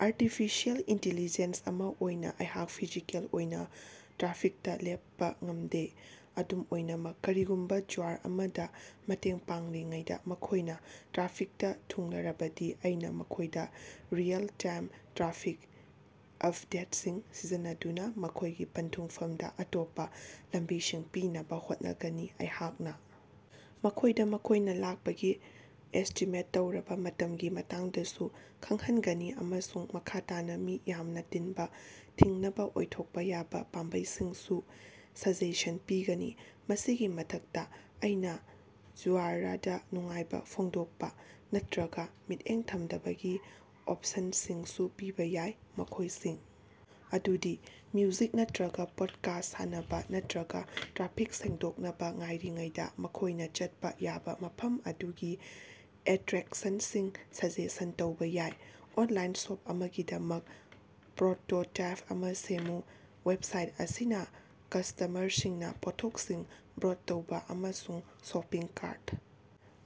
Artificial intelligence ꯑꯃꯥ ꯑꯣꯏꯅꯥ ꯑꯩꯍꯥꯛ ꯐꯤꯖꯤꯀꯦꯜ ꯑꯣꯏꯅꯥ ꯇ꯭ꯔꯥꯐꯤꯛꯇꯥ ꯂꯦꯞꯄꯥ ꯉꯝꯗꯦ꯫ ꯑꯗꯨꯝ ꯑꯣꯏꯅꯃꯛ, ꯀꯔꯤꯒꯨꯝꯕꯥ ꯌꯨꯖꯔ ꯑꯃꯗꯥ ꯃꯇꯦꯡ ꯄꯥꯡꯂꯤꯉꯩꯗꯥ ꯃꯈꯣꯏꯅꯥ ꯇ꯭ꯔꯥꯐꯤꯛꯇꯥ ꯊꯨꯡꯂꯔꯕꯗꯤ, ꯑꯩꯅꯥ ꯃꯈꯣꯏꯗꯥ ꯔꯤꯑꯦꯜ-ꯇꯥꯏꯝ ꯇ꯭ꯔꯥꯐꯤꯛ ꯑꯞꯗꯦꯠꯁꯤꯡ ꯁꯤꯖꯤꯟꯅꯗꯨꯅꯥ ꯃꯈꯣꯏꯒꯤ ꯄꯟꯊꯨꯡꯐꯝꯗꯥ ꯑꯇꯣꯞꯄꯥ ꯂꯝꯕꯤꯁꯤꯡ ꯄꯤꯅꯕꯥ ꯍꯣꯠꯅꯒꯅꯤ꯫ ꯑꯩꯍꯥꯛꯅꯥ ꯃꯈꯣꯏꯗꯥ ꯃꯈꯣꯏꯅꯥ ꯂꯥꯛꯄꯒꯤ ꯑꯦꯁꯇꯤꯃꯦꯠ ꯇꯧꯔꯕꯥ ꯃꯇꯝꯒꯤ ꯃꯇꯥꯡꯗꯁꯨ ꯈꯪꯍꯟꯒꯅꯤ ꯑꯃꯁꯨꯡ ꯃꯈꯥ ꯇꯥꯅꯥ ꯃꯤ ꯌꯥꯝꯅꯥ ꯇꯤꯟꯕꯥ ꯊꯤꯡꯅꯕꯥ ꯑꯣꯏꯊꯣꯛꯄꯥ ꯌꯥꯕꯥ ꯄꯥꯝꯕꯩꯁꯤꯡꯁꯨ ꯁꯖꯦꯁꯟ ꯄꯤꯒꯅꯤ꯫ ꯃꯁꯤꯒꯤ ꯃꯊꯛꯇꯥ, ꯑꯩꯅꯥ ꯌꯨꯖꯔꯗꯥ ꯅꯨꯡꯉꯥꯏꯕꯥ ꯐꯣꯡꯗꯣꯛꯄꯥ ꯅꯠꯇ꯭ꯔꯒꯥ ꯃꯤꯠꯌꯦꯡ ꯊꯝꯗꯕꯒꯤ ꯑꯣꯞꯁꯟꯁꯤꯡꯁꯨ ꯄꯤꯕꯥ ꯌꯥꯏ, ꯃꯈꯣꯏꯁꯤꯡ ꯑꯗꯨꯗꯤ ꯃ꯭ꯌꯨꯖꯤꯛ ꯅꯠꯇ꯭ꯔꯒꯥ ꯄꯣꯠꯀꯥꯁ ꯁꯥꯟꯅꯕꯥ ꯅꯠꯇ꯭ꯔꯒꯥ ꯇ꯭ꯔꯥꯐꯤꯛ ꯁꯦꯡꯗꯣꯛꯅꯕꯥ ꯉꯥꯏꯔꯤꯉꯩꯗꯥ ꯃꯈꯣꯏꯅꯥ ꯆꯠꯄꯥ ꯌꯥꯕꯥ ꯃꯐꯝ ꯑꯗꯨꯒꯤ ꯑꯦꯇ꯭ꯔꯦꯛꯁꯟꯁꯤꯡ ꯁꯖꯦꯁꯟ ꯇꯧꯕꯥ ꯌꯥꯏ꯫ ꯑꯣꯟꯂꯥꯏꯟ ꯁꯣꯞ ꯑꯃꯒꯤꯗꯃꯛ ꯄ꯭ꯔꯣꯇꯣꯇꯥꯏꯞ ꯑꯃꯥ ꯁꯦꯝꯃꯨ꯫ ꯋꯦꯕꯁꯥꯏꯠ ꯑꯁꯤꯅꯥ ꯀꯁ꯭ꯇꯃꯔꯁꯤꯡꯅꯥ ꯄꯣꯠꯊꯣꯛꯁꯤꯡ ꯕ꯭ꯔꯣꯠ ꯇꯧꯕꯥ ꯑꯃꯁꯨꯡ ꯁꯣꯄꯤꯡ ꯀꯥꯔꯠ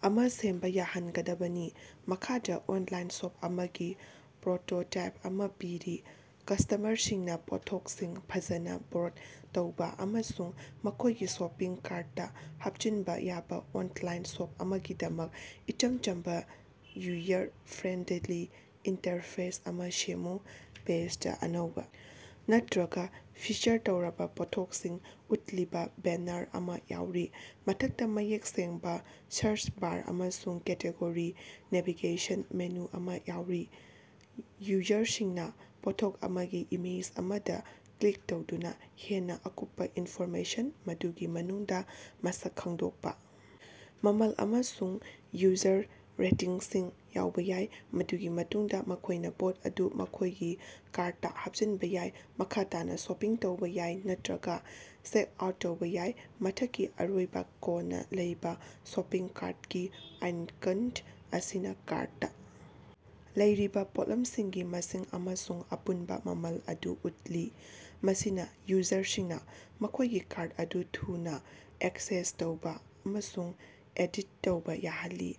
ꯑꯃꯥ ꯁꯦꯝꯕꯥ ꯌꯥꯍꯟꯒꯗꯕꯅꯤ꯫ ꯃꯈꯥꯗꯥ ꯑꯣꯅꯂꯥꯏꯟ ꯁꯣꯞ ꯑꯃꯒꯤ ꯄ꯭ꯔꯣꯇꯣꯇꯥꯏꯞ ꯑꯃꯥ ꯄꯤꯔꯤ꯫ ꯀꯁ꯭ꯇꯃꯔꯁꯤꯡꯅꯥ ꯄꯣꯠꯊꯣꯛꯁꯤꯡ ꯐꯖꯅꯥ ꯕ꯭ꯔꯣꯗ ꯇꯧꯕꯥ ꯑꯃꯁꯨꯡ ꯃꯈꯣꯏꯒꯤ ꯁꯣꯄꯤꯡ ꯀꯥꯔꯠꯇꯥ ꯍꯥꯞꯆꯤꯟꯕꯥ ꯌꯥꯕꯥ ꯑꯣꯅꯂꯥꯏꯟ ꯁꯣꯞ ꯑꯃꯒꯤꯗꯃꯛ ꯏꯆꯝ ꯆꯝꯕꯥ, ꯌꯨꯖꯔ ꯐ꯭ꯔꯦꯟꯗꯂꯤ ꯏꯟꯇꯔꯐꯦꯁ ꯑꯃꯥ ꯁꯦꯝꯃꯨ꯫ ꯄꯦꯖꯗꯥ ꯑꯅꯧꯕꯥ ꯅꯠꯇ꯭ꯔꯒꯥ ꯐꯤꯆꯔ ꯇꯧꯔꯕꯥ ꯄꯣꯠꯊꯣꯛꯁꯤꯡ ꯎꯠꯂꯤꯕꯥ ꯕꯦꯅꯥꯔ ꯑꯃꯥ ꯌꯥꯎꯔꯤ, ꯃꯊꯛꯇꯥ ꯃꯌꯦꯛ ꯁꯦꯡꯕꯥ ꯁꯥꯔꯆ ꯕꯥꯔ ꯑꯃꯁꯨꯡ ꯀꯦꯇꯦꯒꯣꯔꯤ ꯅꯦꯚꯤꯒꯦꯁꯟ ꯃꯦꯅꯨ ꯑꯃꯥ ꯌꯥꯎꯔꯤ꯫ ꯌꯨꯖꯔꯁꯤꯡꯅꯥ ꯄꯣꯠꯊꯣꯛ ꯑꯃꯒꯤ ꯏꯃꯦꯖ ꯑꯃꯗꯥ ꯀ꯭ꯂꯤꯛ ꯇꯧꯗꯨꯅꯥ ꯍꯦꯟꯅꯥ ꯑꯀꯨꯞꯄꯥ ꯏꯟꯐꯣꯔꯃꯦꯁꯟ, ꯃꯗꯨꯒꯤ ꯃꯅꯨꯡꯗꯥ ꯃꯁꯛ ꯈꯪꯗꯣꯛꯄꯥ, ꯃꯃꯜ, ꯑꯃꯁꯨꯡ ꯌꯨꯖꯔ ꯔꯦꯇꯤꯡꯁꯤꯡ ꯌꯥꯎꯕꯥ ꯌꯥꯏ꯫ ꯃꯗꯨꯒꯤ ꯃꯇꯨꯡꯗꯥ ꯃꯈꯣꯏꯅꯥ ꯄꯣꯠ ꯑꯗꯨ ꯃꯈꯣꯏꯒꯤ ꯀꯥꯔꯗꯇꯥ ꯍꯥꯞꯆꯤꯟꯕꯥ ꯌꯥꯏ, ꯃꯈꯥ ꯇꯥꯅꯥ ꯁꯣꯄꯤꯡ ꯇꯧꯕꯥ ꯌꯥꯏ ꯅꯠꯇ꯭ꯔꯒꯥ ꯆꯦꯛꯑꯥꯎꯠ ꯇꯧꯕꯥ ꯌꯥꯏ꯫ ꯃꯊꯛꯀꯤ ꯑꯔꯣꯏꯕꯥ ꯀꯣꯟꯅꯥ ꯂꯩꯕꯥ ꯁꯣꯄꯤꯡ ꯀꯥꯔꯠꯀꯤ ꯑꯥꯏꯀꯟ ꯑꯁꯤꯅꯥ ꯀꯥꯔꯠꯇꯥ ꯂꯩꯔꯤꯕꯥ ꯄꯣꯠꯂꯝꯁꯤꯡꯒꯤ ꯃꯁꯤꯡ ꯑꯃꯁꯨꯡ ꯑꯄꯨꯟꯕꯥ ꯃꯃꯜ ꯑꯗꯨ ꯎꯠꯂꯤ, ꯃꯁꯤꯅꯥ ꯌꯨꯖꯔꯁꯤꯡꯅꯥ ꯃꯈꯣꯏꯒꯤ ꯀꯥꯔꯠ ꯑꯗꯨ ꯊꯨꯅꯥ ꯑꯦꯛꯁꯦꯁ ꯇꯧꯕꯥ ꯑꯃꯁꯨꯡ ꯑꯦꯗꯤꯠ ꯇꯧꯕꯥ ꯌꯥꯍꯜꯂꯤ꯫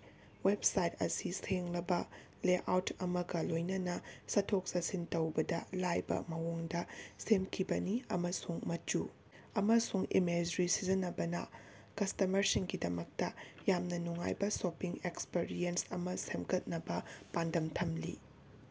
ꯋꯦꯕꯁꯥꯏꯠ ꯑꯁꯤ ꯁꯦꯡꯂꯕꯥ ꯂꯦꯑꯥꯎꯠ ꯑꯃꯒꯥ ꯂꯣꯏꯅꯅꯥ ꯆꯠꯊꯣꯛ-ꯆꯠꯁꯤꯟ ꯇꯧꯕꯗꯥ ꯂꯥꯏꯕꯥ ꯃꯑꯣꯡꯗꯥ ꯁꯦꯝꯈꯤꯕꯅꯤ, ꯑꯃꯁꯨꯡ ꯃꯆꯨ ꯑꯃꯁꯨꯡ ꯏꯃꯦꯖꯔꯤ ꯁꯤꯖꯤꯟꯅꯕꯅꯥ ꯀꯁ꯭ꯇꯃꯔꯁꯤꯡꯒꯤꯗꯃꯛꯇꯥ ꯌꯥꯝꯅꯥ ꯅꯨꯡꯉꯥꯏꯕꯥ ꯁꯣꯄꯤꯡ ꯑꯦꯛꯁꯄ꯭ꯔꯤꯌꯦꯟꯁ ꯑꯃꯥ ꯁꯦꯝꯒꯠꯅꯕꯥ ꯄꯥꯟꯗꯝ ꯊꯝꯂꯤ꯫